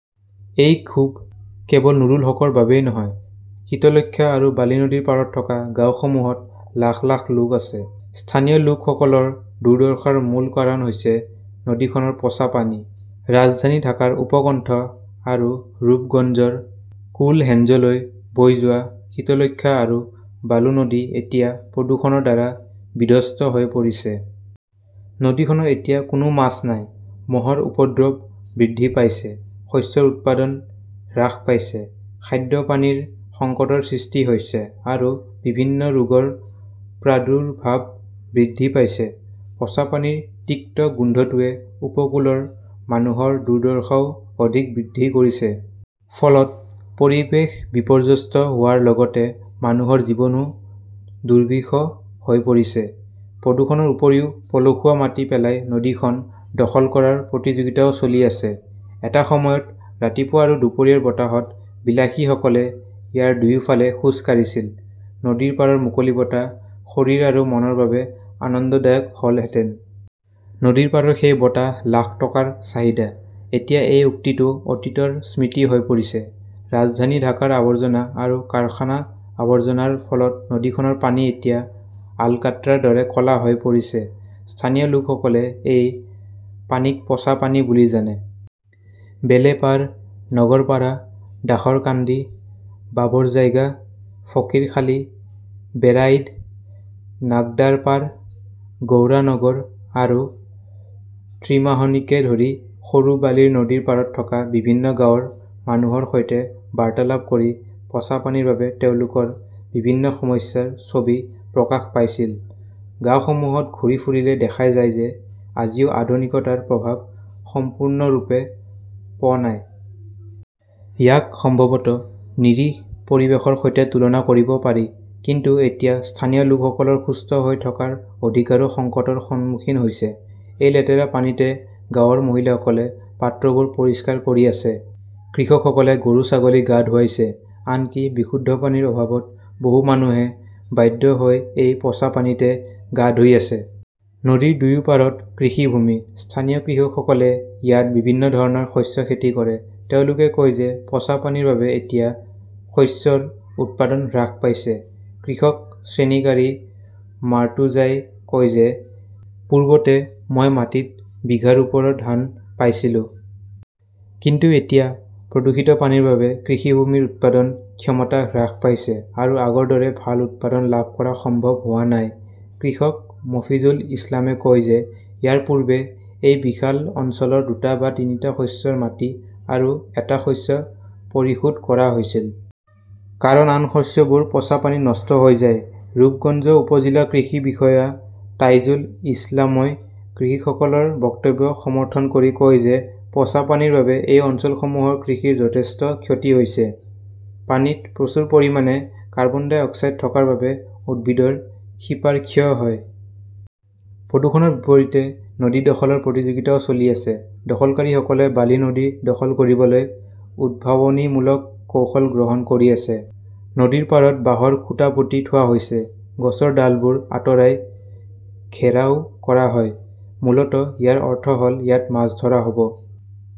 এই ক্ষোভ কেৱল নুৰুল হকৰ বাবেই নহয়। শীতলক্ষ্যা আৰু বালি নদীৰ পাৰত থকা গাঁওসমূহত লাখ লাখ লোক আছে। স্থানীয় লোকসকলৰ দুৰ্দশাৰ মূল কাৰণ হৈছে নদীখনৰ পচা পানী। ৰাজধানী ঢাকাৰ উপকণ্ঠ আৰু ৰূপগঞ্জৰ কোলহেঞ্জলৈ বৈ যোৱা শীতলক্ষ্যা আৰু বালু নদী এতিয়া প্ৰদূষণৰ দ্বাৰা বিধ্বস্ত হৈ পৰিছে। নদীখনত এতিয়া কোনো মাছ নাই। মহৰ উপদ্ৰৱ বৃদ্ধি পাইছে। শস্যৰ উৎপাদন হ্ৰাস পাইছে। খাদ্য পানীৰ সংকটৰ সৃষ্টি হৈছে আৰু বিভিন্ন ৰোগৰ প্ৰাদুৰ্ভাৱ বৃদ্ধি পাইছে। পচা পানীৰ তিক্ত গোন্ধটোৱে উপকূলৰ মানুহৰ দুৰ্দশাও অধিক বৃদ্ধি কৰিছে। ফলত পৰিৱেশ বিপৰ্যস্ত হোৱাৰ লগতে মানুহৰ জীৱনো দুৰ্বিষহ হৈ পৰিছে। প্ৰদূষণৰ উপৰিও পলসুৱা মাটি পেলাই নদীখন দখল কৰাৰ প্ৰতিযোগিতাও চলি আছে। এটা সময়ত ৰাতিপুৱা আৰু দুপৰীয়াৰ বতাহত বিলাসীসকলে ইয়াৰ দুয়োফালে খোজ কাঢ়িছিল। নদীৰ পাৰৰ মুকলি বতাহ শৰীৰ আৰু মনৰ বাবে আনন্দদায়ক হ'লহেঁতেন। নদীৰ পাৰৰ সেই বতাহ, লাখ টকাৰ চাহিদা। এতিয়া এই উক্তিটো অতীতৰ স্মৃতি হৈ পৰিছে। ৰাজধানী ঢাকাৰ আৱৰ্জনা আৰু কাৰখানাৰ আৱৰ্জনাৰ ফলত নদীখনৰ পানী এতিয়া আলকাট্ৰাৰ দৰে ক 'লা হৈ পৰিছে। স্থানীয় লোকসকলে এই পানীক'পচা "পানী বুলি জানে। বেলেপাৰ, নগৰপাৰা, দাসৰকান্দি, বাবৰজাইগা, ফকীৰখালী, বেৰাইড, নাগদাৰপাৰ, গৌড়া নগৰ আৰু ত্ৰিমাহনীকে ধৰি সৰু বালিৰ নদীৰ পাৰত থকা বিভিন্ন গাঁৱৰ মানুহৰ সৈতে বাৰ্তালাপ কৰি পচা পানীৰ বাবে তেওঁলোকৰ বিভিন্ন সমস্যাৰ ছবি প্ৰকাশ পাইছিল। গাওঁসমূহত ঘূৰি ফুৰিলে দেখা যায় যে, আজিও আধুনিকতাৰ প্ৰভাৱ সম্পূৰ্ণৰূপে প নাই। ইয়াক সম্ভৱতঃ নিৰীহ পৰিৱেশৰ সৈতে তুলনা কৰিব পাৰি। কিন্তু এতিয়া স্থানীয় লোকসকলৰ সুস্থ হৈ থকাৰ অধিকাৰো সংকটৰ সন্মুখীন হৈছে। এই লেতেৰা পানীতে গাঁৱৰ মহিলাসকলে পাত্ৰবোৰ পৰিষ্কাৰ কৰি আছে। কৃষকসকলে গৰু-ছাগলী গা ধুৱাইছে। আনকি বিশুদ্ধ পানীৰ অভাৱত বহু মানুহে বাধ্য হৈ এই পচা পানীতে গা ধুই আছে। নদীৰ দুয়ো পাৰত কৃষিভূমি। স্থানীয় কৃষকসকলে ইয়াত বিভিন্ন ধৰণৰ শস্য খেতি কৰে। তেওঁলোকে কয় যে পচা পানীৰ বাবে এতিয়া শস্যৰ উৎপাদন হ্ৰাস পাইছে। কৃষক শ্ৰেণীকাৰী মাৰ্টুজাই কয় যে পূৰ্বতে মই মাটিত বিঘাৰ ওপৰৰ ধান পাইছিলো। কিন্তু এতিয়া প্ৰদূষিত পানীৰ বাবে কৃষিভূমিৰ উৎপাদন ক্ষমতা হ্ৰাস পাইছে আৰু আগৰ দৰে ভাল উৎপাদন লাভ কৰা সম্ভৱ হোৱা নাই। কৃষক মফিজুল ইছলামে কয় যে ইয়াৰ পূৰ্বে এই বিশাল অঞ্চলৰ দুটা বা তিনিটা শস্যৰ মাটি আৰু এটা শস্য পৰিশোধ কৰা হৈছিল। কাৰণ আন শস্যবোৰ পচা পানীত নষ্ট হৈ যায়। ৰূপগঞ্জ উপ-জিলা কৃষি বিষয়া তাইজুল ইছলামই কৃষকসকলৰ বক্তব্য সমৰ্থন কৰি কয় যে পচা পানীৰ বাবে এই অঞ্চলসমূহৰ কৃষিৰ যথেষ্ট ক্ষতি হৈছে। পানীত প্ৰচুৰ পৰিমাণে কাৰ্বন ডাই অক্সাইড থকাৰ বাবে উদ্ভিদৰ শিপাৰ ক্ষয় হয়। প্ৰদূষণৰ বিপৰীতে নদী দখলৰ প্ৰতিযোগিতাও চলি আছে। দখলকাৰীসকলে বালি নদী দখল কৰিবলৈ উদ্ভাৱনীমূলক কৌশল গ্ৰহণ কৰি আছে। নদীৰ পাৰত বাঁহৰ খুঁটা পুতি থোৱা হৈছে, গছৰ ডালবোৰ আঁতৰাই ঘেৰাও কৰা হয়। মূলতঃ ইয়াৰ অৰ্থ হ'ল ইয়াত মাছ ধৰা হ'ব।